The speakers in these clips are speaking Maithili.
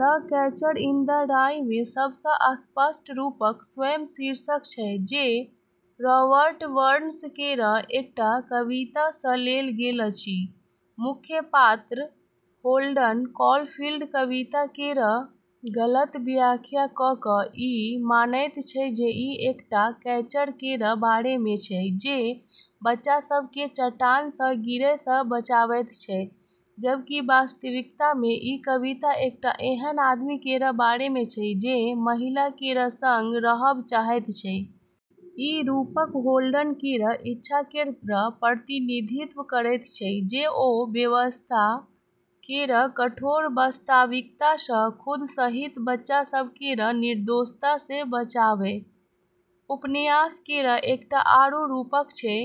"The Catcher in the Rye" मे सब सँ स्पष्ट रूपक स्वयं शीर्षक छै, जे रॉबर्ट बर्न्स केर एकटा कविता सँ लेल गेल छै। मुख्य पात्र होल्डन कॉलफील्ड कविता केर गलत व्याख्या कऽ कऽ ई मानैत छै जे ई एकटा कैचर केर बारे मे छै जे बच्चा सभ केँ चट्टान सँ गिरै सँ बचाबैत छै, जबकि वास्तविकता मे ई कविता एकटा एहन आदमी केर बारे मे छै जे महिला केर संग रहब चाहैत छै। ई रूपक होल्डन केर इच्छा केर प्रतिनिधित्व करैत छै जे ओ वयस्कता केर कठोर वास्तविकता सँ खुद सहित बच्चा सभ केर निर्दोषता केँ बचाबय। उपन्यास केर एकटा आरू रूपक छै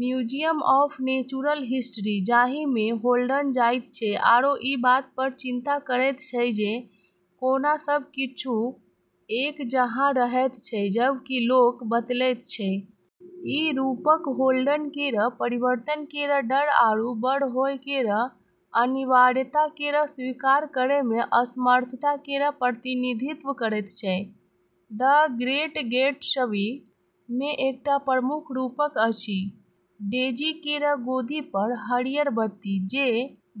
म्यूजियम ऑफ नेचुरल हिस्ट्री, जाहि मे होल्डन जाइत छै आरू ई बात पर चिंतन करैत छै जे कोना सब किछु एक जकाँ रहैत छै जबकि लोक बदलैत छै। ई रूपक होल्डन केर परिवर्तन केर डर आरू बड़ होए केर अनिवार्यता केँ स्वीकार करै मे असमर्थता केर प्रतिनिधित्व करैत छै। "द ग्रेट गैट्सबी" मे एकटा प्रमुख रूपक अछि डेजी केर गोदी पर हरियर बत्ती, जे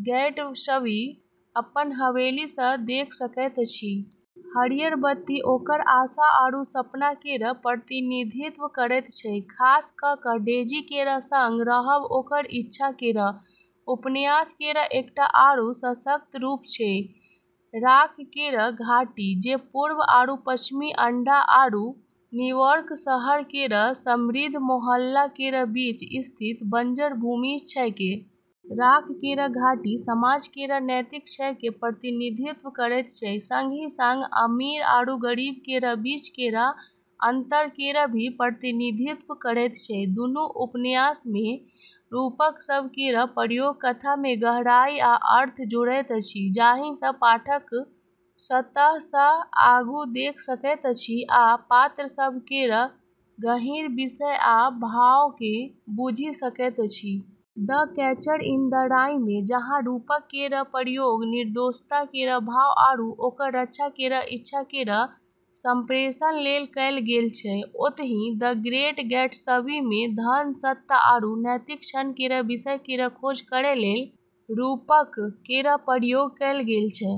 गैट्सबी अपन हवेली सँ देख सकैत छथि। हरियर बत्ती ओकर आशा आरू सपना केर प्रतिनिधित्व करैत छै, खास कऽ कऽ डेजी केर संग रहब ओकर इच्छा केर। उपन्यास केर एकटा आरू सशक्त रूपक छै राख केर घाटी, जे पूर्व आरू पश्चिमी अंडा आरू न्यूयॉर्क शहर केर समृद्ध मोहल्ला केर बीच स्थित बंजर भूमि छेकै। राख केर घाटी समाज केर नैतिक क्षय केर प्रतिनिधित्व करैत छै, संगही संग अमीर आरू गरीब केर बीच केर अंतर केर भी प्रतिनिधित्व करैत छै। दुनू उपन्यास मे रूपक सभ केर प्रयोग कथा मे गहराई आ अर्थ जोड़ैत अछि, जाहि सँ पाठक सतह सँ आगू देख सकैत छथि आ पात्र सभ केर गहींर विषय आ भाव केँ बुझि सकैत छथि। "द कैचर इन द राई" मे जहाँ रूपक केर प्रयोग निर्दोषता केर भाव आरू ओकर रक्षा केर इच्छा केर संप्रेषण लेल कएल गेल छै, ओतही "द ग्रेट गैट्सबी" मे धन, सत्ता, आरू नैतिक क्षय केर विषय केर खोज करै लेल रूपक केर प्रयोग कएल गेल छै।